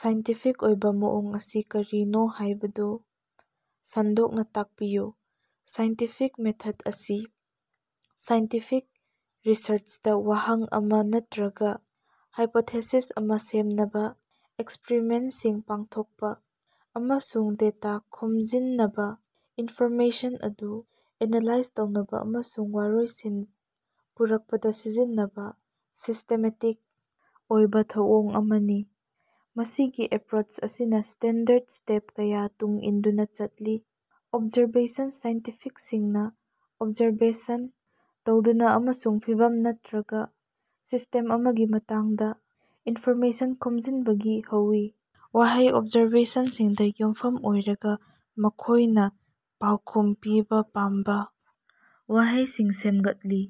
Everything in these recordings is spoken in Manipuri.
ꯁꯥꯏꯟꯇꯤꯐꯤꯛ ꯑꯣꯏꯕꯥ ꯃꯑꯣꯡ ꯑꯁꯤ ꯀꯔꯤꯅꯣ ꯍꯥꯏꯕꯗꯨ ꯁꯟꯗꯣꯛꯅꯥ ꯇꯥꯛꯄꯤꯌꯨ꯫ ꯁꯥꯏꯟꯇꯤꯐꯤꯛ ꯃꯦꯊꯗ ꯑꯁꯤ ꯁꯥꯏꯟꯇꯤꯐꯤꯛ ꯔꯤꯁꯔꯆꯇꯥ ꯋꯥꯍꯪ ꯑꯃꯥ ꯅꯠꯇ꯭ꯔꯒꯥ ꯍꯥꯏꯄꯣꯊꯦꯁꯤꯁ ꯑꯃꯥ ꯁꯦꯝꯅꯕꯥ ꯑꯦꯛꯁꯄꯔꯤꯃꯦꯟꯠꯁꯤꯡ ꯄꯥꯡꯊꯣꯛꯄꯥ ꯑꯃꯁꯨꯡ ꯗꯦꯇꯥ ꯈꯣꯝꯖꯤꯟꯅꯕꯥ ꯏꯟꯐꯣꯔꯃꯦꯁꯟ ꯑꯗꯨ ꯑꯦꯅꯥꯂꯥꯏꯖ ꯇꯧꯅꯕꯥ ꯑꯃꯁꯨꯡ ꯋꯥꯔꯣꯏꯁꯤꯟ ꯄꯨꯔꯛꯄꯗꯥ ꯁꯤꯖꯤꯟꯅꯕꯥ ꯁꯤꯁ꯭ꯇꯦꯃꯦꯇꯤꯛ ꯑꯣꯏꯕꯥ ꯊꯧꯑꯣꯡ ꯑꯃꯅꯤ꯫ ꯃꯁꯤꯒꯤ ꯑꯦꯄ꯭ꯔꯣꯆ ꯑꯁꯤꯅꯥ ꯁ꯭ꯇꯦꯟꯗꯔꯗ ꯁ꯭ꯇꯦꯞ ꯀꯌꯥ ꯇꯨꯡ ꯏꯟꯗꯨꯅꯥ ꯆꯠꯂꯤ ꯑꯣꯕꯖꯥꯔꯕꯦꯁꯟ ꯁꯥꯏꯟꯇꯤꯁ꯭ꯠꯁꯤꯡꯅꯥ ꯑꯣꯕꯖꯥꯔꯕꯦꯁꯟ ꯇꯧꯗꯨꯅꯥ ꯑꯃꯁꯨꯡ ꯐꯤꯚꯝ ꯅꯠꯇ꯭ꯔꯒꯥ ꯁꯤꯁ꯭ꯇꯦꯝ ꯑꯃꯒꯤ ꯃꯇꯥꯡꯗꯥ ꯏꯟꯐꯣꯔꯃꯦꯁꯟ ꯈꯣꯝꯖꯤꯟꯕꯗꯒꯤ ꯍꯧꯏ꯫ ꯋꯥꯍꯪ ꯑꯣꯕꯖꯥꯔꯕꯦꯁꯟꯁꯤꯡꯗꯥ ꯌꯨꯝꯐꯝ ꯑꯣꯏꯔꯒꯥ ꯃꯈꯣꯏꯅꯥ ꯄꯥꯎꯈꯨꯃ ꯄꯤꯕꯥ ꯄꯥꯝꯕꯥ ꯋꯥꯍꯪꯁꯤꯡ ꯁꯦꯝꯒꯠꯂꯤ꯫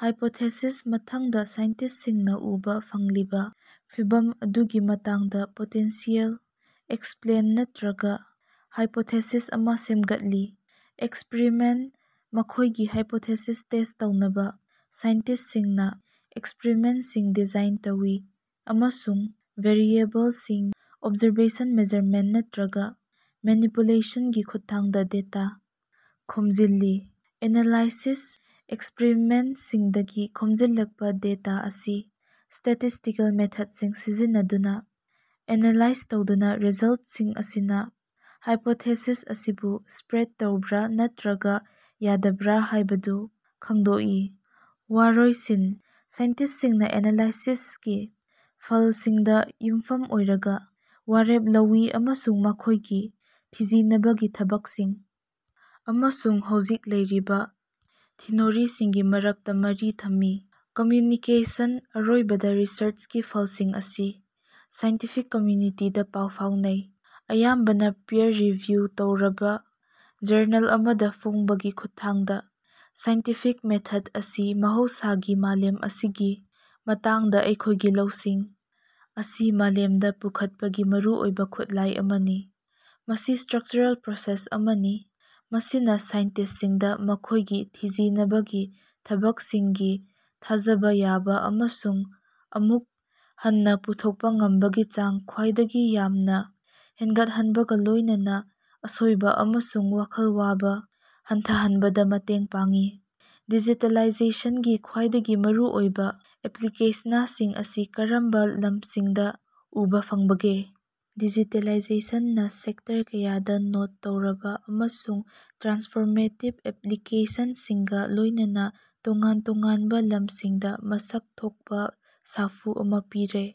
ꯍꯥꯏꯄꯣꯊꯦꯁꯤꯁ ꯃꯊꯪꯗꯥ ꯁꯥꯏꯟꯇꯤꯁ꯭ꯠꯁꯤꯡꯅꯥ ꯎꯕꯥ ꯐꯪꯂꯤꯕꯥ ꯐꯤꯚꯝ ꯑꯗꯨꯒꯤ ꯃꯇꯥꯡꯗꯥ ꯄꯣꯇꯦꯟꯁꯤꯌꯦꯜ ꯑꯦꯛꯁꯄ꯭ꯂꯦꯟ ꯅꯠꯇ꯭ꯔꯒꯥ ꯍꯥꯏꯄꯣꯊꯦꯁꯤꯁ ꯑꯃꯥ ꯁꯦꯝꯒꯠꯂꯤ꯫ ꯑꯦꯛꯁꯄꯔꯤꯃꯦꯟꯠ ꯃꯈꯣꯏꯒꯤ ꯍꯥꯏꯄꯣꯊꯦꯁꯤꯁ ꯇꯦꯁ꯭ꯠ ꯇꯧꯅꯕꯥ ꯁꯥꯏꯟꯇꯤꯁ꯭ꯠꯁꯤꯡꯅꯥ ꯑꯦꯛꯁꯄꯔꯤꯃꯦꯟꯠꯁꯤꯡ ꯗꯤꯖꯥꯏꯟ ꯇꯧꯏ ꯑꯃꯁꯨꯡ ꯚꯦꯔꯤꯑꯦꯕꯜꯁꯤꯡ ꯑꯣꯕꯖꯥꯔꯕꯦꯁꯟ ꯃꯦꯖꯔꯃꯦꯟꯇ ꯅꯠꯇ꯭ꯔꯒꯥ ꯃꯦꯅꯤꯄꯨꯂꯦꯁꯟꯒꯤ ꯈꯨꯠꯊꯥꯡꯗꯥ ꯗꯦꯇꯥ ꯈꯣꯝꯖꯤꯜꯂꯤ꯫ ꯑꯦꯅꯥꯂꯥꯏꯁꯤꯁ ꯑꯦꯛꯁꯄꯔꯤꯃꯦꯟꯠꯁꯤꯡꯗꯒꯤ ꯈꯣꯝꯖꯤꯜꯂꯛꯄꯥ ꯗꯦꯇꯥ ꯑꯁꯤ ꯁ꯭ꯇꯦꯇꯤꯁ꯭ꯇꯤꯀꯦꯜ ꯃꯦꯊꯗꯁꯤꯡ ꯁꯤꯖꯤꯟꯅꯗꯨꯅꯥ ꯑꯦꯅꯥꯂꯥꯏꯖ ꯇꯧꯗꯨꯅꯥ ꯔꯤꯖꯜꯠꯁꯤꯡ ꯑꯁꯤꯅꯥ ꯍꯥꯏꯄꯣꯊꯦꯁꯤꯁ ꯑꯁꯤꯕꯨ ꯁꯄꯣꯔꯠ ꯇꯧꯕꯔꯥ ꯅꯠꯇ꯭ꯔꯒꯥ ꯌꯥꯗꯕꯔꯥ ꯍꯥꯏꯕꯗꯨ ꯈꯪꯗꯣꯛꯏ꯫ ꯋꯥꯔꯣꯏꯁꯤꯟ ꯁꯥꯏꯟꯇꯤꯁ꯭ꯠꯁꯤꯡꯅꯥ ꯑꯦꯅꯥꯂꯥꯏꯁꯤꯁꯀꯤ ꯐꯜꯁꯤꯡꯗꯥ ꯌꯨꯝꯐꯝ ꯑꯣꯏꯔꯒꯥ ꯋꯥꯔꯦꯞ ꯂꯧꯏ ꯑꯃꯁꯨꯡ ꯃꯈꯣꯏꯒꯤ ꯊꯤꯖꯤꯅꯕꯒꯤ ꯊꯕꯛꯁꯤꯡ ꯑꯃꯁꯨꯡ ꯍꯧꯖꯤꯛ ꯂꯩꯔꯤꯕꯥ ꯊꯤꯑꯣꯔꯤꯁꯤꯡꯒꯤ ꯃꯔꯛꯇꯥ ꯃꯔꯤ ꯊꯝꯃꯤ꯫ ꯀꯝꯃ꯭ꯌꯨꯅꯤꯀꯦꯁꯟ ꯑꯔꯣꯏꯕꯗꯥ ꯔꯤꯁꯔꯆꯀꯤ ꯐꯜꯁꯤꯡ ꯑꯁꯤ ꯁꯥꯏꯟꯇꯤꯐꯤꯛ ꯀꯝꯃ꯭ꯌꯨꯅꯤꯇꯤꯗꯥ ꯄꯥꯎ ꯐꯥꯎꯅꯩ ꯑꯌꯥꯝꯕꯅꯥ ꯄꯤꯌꯔ ꯔꯤꯚꯤꯌꯨ ꯇꯧꯔꯕꯥ ꯖꯔꯅꯦꯜ ꯑꯃꯗꯥ ꯐꯣꯡꯕꯒꯤ ꯈꯨꯠꯊꯥꯡꯗꯥ꯫ ꯁꯥꯏꯟꯇꯤꯐꯤꯛ ꯃꯦꯊꯗ ꯑꯁꯤ ꯃꯍꯧꯁꯥꯒꯤ ꯃꯥꯂꯦꯝ ꯑꯁꯤꯒꯤ ꯃꯇꯥꯡꯗꯥ ꯑꯩꯈꯣꯏꯒꯤ ꯂꯧꯁꯤꯡ ꯑꯁꯤ ꯃꯥꯡꯂꯣꯝꯗꯥ ꯄꯨꯈꯠꯄꯒꯤ ꯃꯔꯨꯑꯣꯏꯕꯥ ꯈꯨꯠꯂꯥꯏ ꯑꯃꯅꯤ꯫ ꯃꯁꯤ ꯁ꯭ꯇꯔꯛꯆꯔꯦꯜ ꯄ꯭ꯔꯣꯁꯦꯁ ꯑꯃꯅꯤ ꯃꯁꯤꯅꯥ ꯁꯥꯏꯟꯇꯤꯁ꯭ꯠꯁꯤꯡꯗꯥ ꯃꯈꯣꯏꯒꯤ ꯊꯤꯖꯤꯅꯕꯒꯤ ꯊꯕꯛꯁꯤꯡꯒꯤ ꯊꯥꯖꯕꯥ ꯌꯥꯕꯥ ꯑꯃꯁꯨꯡ ꯑꯃꯨꯛ ꯍꯟꯅꯥ ꯄꯨꯊꯣꯛꯄꯥ ꯉꯝꯕꯒꯤ ꯆꯥꯡ ꯈ꯭ꯋꯥꯏꯗꯒꯤ ꯌꯥꯝꯅꯥ ꯍꯦꯟꯒꯠꯍꯟꯕꯒꯥ ꯂꯣꯏꯅꯅꯥ ꯑꯁꯣꯏꯕꯥ ꯑꯃꯁꯨꯡ ꯋꯥꯈꯜ ꯋꯥꯕꯥ ꯍꯟꯊꯍꯟꯕꯗꯥ ꯃꯇꯦꯡ ꯄꯥꯡꯏ꯫ ꯗꯤꯖꯤꯇꯦꯂꯥꯏꯖꯦꯁꯟꯒꯤ ꯈ꯭ꯋꯥꯏꯗꯒꯤ ꯃꯔꯨꯑꯣꯏꯕꯥ ꯑꯦꯄ꯭ꯂꯤꯀꯦꯁꯅꯁꯤꯡ ꯑꯁꯤ ꯀꯔꯝꯕꯥ ꯂꯝꯁꯤꯡꯗꯥ ꯎꯕꯥ ꯐꯪꯕꯒꯦ? ꯗꯤꯖꯤꯇꯦꯂꯥꯏꯖꯦꯁꯟꯅꯥ ꯁꯦꯛꯇꯔ ꯀꯌꯥꯗꯥ ꯅꯣꯠ ꯇꯧꯔꯕꯥ ꯑꯃꯁꯨꯡ ꯇ꯭ꯔꯥꯟꯁꯐꯣꯔꯃꯦꯇꯤꯕ ꯑꯦꯞꯂꯤꯀꯦꯁꯟꯁꯤꯡꯒꯥ ꯂꯣꯏꯅꯅꯥ ꯇꯣꯉꯥꯟ ꯇꯣꯉꯥꯅꯕꯥ ꯂꯝꯁꯤꯡꯗꯥ ꯃꯁꯛ ꯊꯣꯛꯄꯥ ꯁꯥꯐꯨ ꯑꯃꯥ ꯄꯤꯔꯦ꯫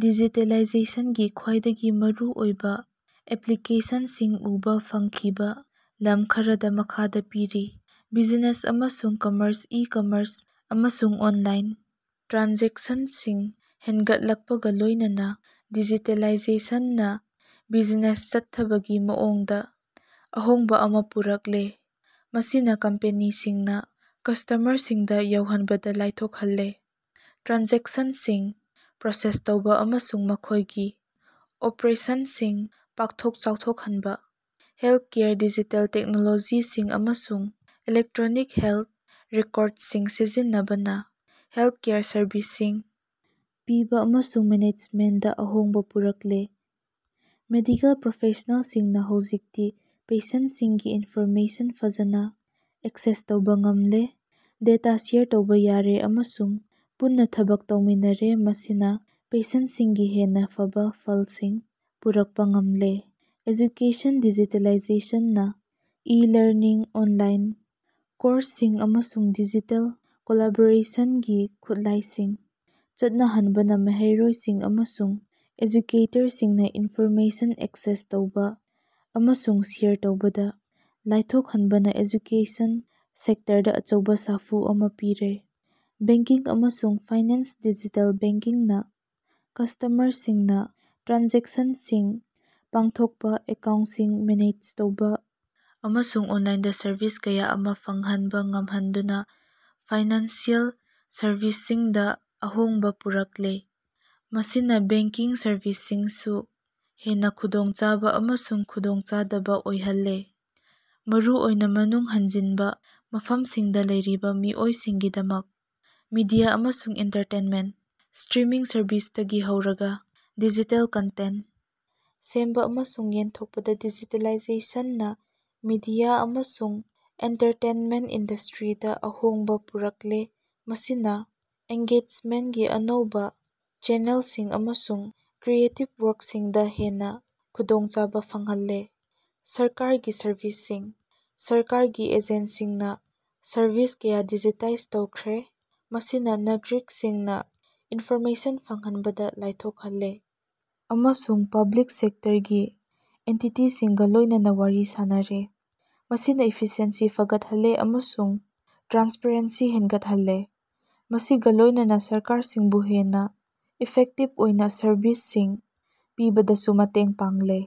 ꯗꯤꯖꯤꯇꯦꯂꯥꯏꯖꯦꯁꯟꯒꯤ ꯈ꯭ꯋꯥꯏꯗꯒꯤ ꯃꯔꯨꯑꯣꯏꯕꯥ ꯑꯦꯄ꯭ꯂꯤꯀꯦꯁꯟꯁꯤꯡ ꯎꯕꯥ ꯐꯪꯈꯤꯕꯥ ꯂꯝ ꯈꯔꯗꯤ ꯃꯈꯥꯗꯥ ꯄꯤꯔꯤ ꯕꯤꯖꯤꯅꯦꯁ ꯑꯃꯁꯨꯡ ꯀꯝꯃꯔꯁ ꯏ-ꯀꯝꯃꯔꯁ ꯑꯃꯁꯨꯡ ꯑꯣꯟꯂꯥꯏꯟ ꯇ꯭ꯔꯥꯟꯖꯦꯛꯁꯟꯁꯤꯡ ꯍꯦꯟꯒꯠꯂꯛꯄꯒꯥ ꯂꯣꯏꯅꯅꯥ ꯗꯤꯖꯤꯇꯦꯂꯥꯏꯖꯦꯁꯟꯅꯥ ꯕꯤꯖꯤꯅꯦꯁ ꯆꯠꯊꯕꯒꯤ ꯃꯑꯣꯡꯗꯥ ꯑꯍꯣꯡꯕꯥ ꯑꯃꯥ ꯄꯨꯔꯛꯂꯦ ꯃꯁꯤꯅꯥ ꯀꯝꯄꯦꯅꯤꯁꯤꯡꯅꯥ ꯀꯁꯇꯃꯔꯁꯤꯡꯗꯥ ꯌꯧꯍꯟꯕꯗꯥ ꯂꯥꯏꯊꯣꯛꯍꯜꯂꯦ ꯇ꯭ꯔꯥꯟꯖꯦꯛꯁꯟꯁꯤꯡ ꯄ꯭ꯔꯣꯁꯦꯁ ꯇꯧꯕꯥ ꯑꯃꯁꯨꯡ ꯃꯈꯣꯏꯒꯤ ꯑꯣꯄꯔꯦꯁꯟꯁꯤꯡ ꯄꯥꯛꯊꯣꯛ ꯆꯥꯎꯊꯣꯛꯍꯟꯕꯥ꯫ ꯍꯦꯜꯊꯀꯦꯌꯔ ꯗꯤꯖꯤꯇꯦꯜ ꯇꯦꯛꯅꯣꯂꯣꯖꯤꯁꯤꯡ ꯑꯃꯁꯨꯡ ꯏꯂꯦꯛꯇ꯭ꯔꯣꯅꯤꯛ ꯍꯦꯜꯊ ꯔꯦꯀꯣꯔꯗꯁꯤꯡ ꯁꯤꯖꯤꯟꯅꯕꯅꯥ ꯍꯦꯜꯊꯀꯦꯌꯔ ꯁꯔꯕꯤꯁꯁꯤꯡ ꯄꯤꯕꯥ ꯑꯃꯁꯨꯡ ꯃꯦꯅꯦꯖꯃꯦꯟꯠꯗꯥ ꯑꯍꯣꯡꯕꯥ ꯄꯨꯔꯛꯂꯦ꯫ ꯃꯦꯗꯤꯀꯦꯜ ꯄ꯭ꯔꯣꯐꯦꯁ꯭ꯅꯦꯜꯁꯤꯡꯅꯥ ꯍꯧꯖꯤꯛꯇꯤ ꯄꯦꯁꯦꯟꯠꯁꯤꯡꯒꯤ ꯏꯟꯐꯣꯔꯃꯦꯁꯟ ꯐꯖꯅꯥ ꯑꯦꯛꯁꯦꯁ ꯇꯧꯕꯥ ꯉꯝꯂꯦ ꯗꯦꯇꯥ ꯁꯦꯌꯔ ꯇꯧꯕꯥ ꯌꯥꯔꯦ ꯑꯃꯁꯨꯡ ꯄꯨꯟꯅꯥ ꯊꯕꯛ ꯇꯧꯃꯤꯟꯅꯔꯦ ꯃꯁꯤꯅꯥ ꯄꯦꯁꯦꯟꯠꯁꯤꯡꯒꯤ ꯍꯦꯟꯅꯥ ꯐꯕꯥ ꯐꯜꯁꯤꯡ ꯄꯨꯔꯛꯄꯥ ꯉꯝꯂꯦ꯫ ꯑꯦꯖꯨꯀꯦꯁꯟ ꯗꯤꯖꯤꯇꯦꯂꯥꯏꯖꯦꯁꯟꯅꯥ ꯏ-ꯂꯔꯅꯤꯡ ꯑꯣꯟꯂꯥꯏꯟ ꯀꯣꯔꯁꯁꯤꯡ ꯑꯃꯁꯨꯡ ꯗꯤꯖꯤꯇꯦꯜ ꯀꯣꯂꯥꯕꯣꯔꯦꯁꯟꯒꯤ ꯈꯨꯠꯂꯥꯏꯁꯤꯡ ꯆꯠꯅꯍꯟꯕꯅꯥ ꯃꯍꯩꯔꯣꯏꯁꯤꯡ ꯑꯃꯁꯨꯡ ꯑꯦꯖꯨꯀꯦꯇꯔꯁꯤꯡꯅꯥ ꯏꯟꯐꯣꯔꯃꯦꯁꯟ ꯑꯦꯛꯁꯦꯁ ꯇꯧꯕꯥ ꯑꯃꯁꯨꯡ ꯁꯦꯌꯔ ꯇꯧꯕꯗꯥ ꯂꯥꯏꯊꯣꯛꯍꯟꯕꯅꯥ ꯑꯦꯖꯨꯀꯦꯁꯟ ꯁꯦꯛꯇꯔꯗꯥ ꯑꯆꯧꯕꯥ ꯁꯥꯐꯨ ꯑꯃꯥ ꯄꯤꯔꯦ꯫ ꯕꯦꯡꯀꯤꯡ ꯑꯃꯁꯨꯡ ꯐꯥꯏꯅꯥꯟꯁ ꯗꯤꯖꯤꯇꯦꯜ ꯕꯦꯡꯀꯤꯡꯅꯥ ꯀꯁꯇꯃꯔꯁꯤꯡꯅꯥ ꯇ꯭ꯔꯥꯟꯖꯦꯛꯁꯟꯁꯤꯡ ꯄꯥꯡꯊꯣꯛꯄꯥ ꯑꯦꯀꯥꯎꯟꯠꯁꯤꯡ ꯃꯦꯅꯦꯖ ꯇꯧꯕꯥ ꯑꯃꯁꯨꯡ ꯑꯣꯟꯂꯥꯏꯟꯗꯥ ꯁꯔꯚꯤꯁ ꯀꯌꯥ ꯑꯃꯥ ꯐꯪꯍꯟꯕꯥ ꯉꯝꯍꯟꯗꯨꯅꯥ ꯐꯥꯏꯅꯥꯟꯁꯤꯑꯦꯜ ꯁꯔꯕꯤꯁꯁꯤꯡꯗꯥ ꯑꯍꯣꯡꯕꯥ ꯄꯨꯔꯛꯂꯦ꯫ ꯃꯁꯤꯅꯥ ꯕꯦꯡꯀꯤꯡ ꯁꯔꯕꯤꯁꯁꯤꯡꯁꯨ ꯍꯦꯟꯅꯥ ꯈꯨꯗꯣꯡꯆꯥꯕꯥ ꯑꯃꯁꯨꯡ ꯈꯨꯗꯣꯡꯆꯥꯗꯕꯥ ꯑꯣꯏꯍꯜꯂꯦ ꯃꯔꯨꯑꯣꯏꯅꯥ ꯃꯅꯨꯡ ꯍꯟꯖꯤꯟꯕꯥ ꯃꯐꯝꯁꯤꯡꯗꯥ ꯂꯩꯔꯤꯕꯥ ꯃꯤꯑꯣꯏꯁꯤꯡꯒꯤꯗꯃꯛ꯫ ꯃꯤꯗꯤꯌꯥ ꯑꯃꯁꯨꯡ ꯑꯦꯟꯇꯔꯇꯦꯟꯃꯦꯟꯠ: ꯁ꯭ꯇꯔꯤꯃꯤꯡ ꯁꯔꯕꯤꯁꯇꯒꯤ ꯍꯧꯔꯒꯥ ꯗꯤꯖꯤꯇꯦꯜ ꯀꯟꯇꯦꯟꯠ ꯁꯦꯝꯕꯥ ꯑꯃꯁꯨꯡ ꯌꯦꯟꯊꯣꯛꯄꯗꯥ ꯗꯤꯖꯤꯇꯦꯂꯥꯏꯖꯦꯁꯟꯅꯥ ꯃꯤꯗꯤꯌꯥ ꯑꯃꯁꯨꯡ ꯑꯦꯟꯇꯔꯇꯦꯅꯃꯦꯟꯠ ꯏꯟꯗꯁꯇ꯭ꯔꯤꯗꯥ ꯑꯍꯣꯡꯕꯥ ꯄꯨꯔꯛꯂꯦ ꯃꯁꯤꯅꯥ ꯑꯦꯡꯒꯦꯖꯃꯦꯟꯠꯀꯤ ꯑꯅꯧꯕꯥ ꯆꯦꯅꯦꯜꯁꯤꯡ ꯑꯃꯁꯨꯡ ꯀ꯭ꯔꯤꯌꯦꯇꯤꯕ ꯋꯥꯔꯛꯁꯤꯡꯗꯥ ꯍꯦꯟꯅꯥ ꯈꯨꯗꯣꯡꯆꯥꯕꯥ ꯐꯪꯍꯜꯂꯦ꯫ ꯁꯔꯀꯥꯔꯒꯤ ꯁꯔꯚꯤꯁꯁꯤꯡ: ꯁꯔꯀꯥꯔꯒꯤ ꯑꯦꯖꯦꯟꯁꯤꯁꯤꯡꯅꯥ ꯁꯔꯚꯤꯁ ꯀꯌꯥ ꯗꯤꯖꯤꯇꯥꯏꯖ ꯇꯧꯈ꯭ꯔꯦ ꯃꯁꯤꯅꯥ ꯅꯥꯒꯔꯤꯛꯁꯤꯡꯅꯥ ꯏꯟꯐꯣꯔꯃꯦꯁꯟ ꯐꯪꯍꯟꯕꯗꯥ ꯂꯥꯏꯊꯣꯛꯍꯜꯂꯦ ꯑꯃꯁꯨꯡ ꯄꯕ꯭ꯂꯤꯛ ꯁꯦꯛꯇꯔꯒꯤ ꯑꯦꯟꯇꯤꯇꯤꯁꯤꯡꯒꯥ ꯂꯣꯏꯅꯅꯥ ꯋꯥꯔꯤ ꯁꯥꯅꯔꯦ꯫ ꯃꯁꯤꯅꯥ ꯏꯐꯤꯁꯤꯑꯦꯟꯁꯤ ꯐꯒꯠꯍꯜꯂꯦ ꯑꯃꯁꯨꯡ ꯇ꯭ꯔꯥꯟꯁꯄꯔꯦꯟꯁꯤ ꯍꯦꯟꯒꯠꯍꯜꯂꯦ ꯃꯁꯤꯒꯥ ꯂꯣꯏꯅꯅꯥ ꯁꯔꯀꯥꯔꯁꯤꯡꯕꯨ ꯍꯦꯟꯅꯥ ꯏꯐꯦꯛꯇꯤꯕ ꯑꯣꯏꯅꯥ ꯁꯔꯕꯤꯁꯁꯤꯡ ꯄꯤꯕꯗꯁꯨ ꯃꯇꯦꯡ ꯄꯥꯡꯂꯤ꯫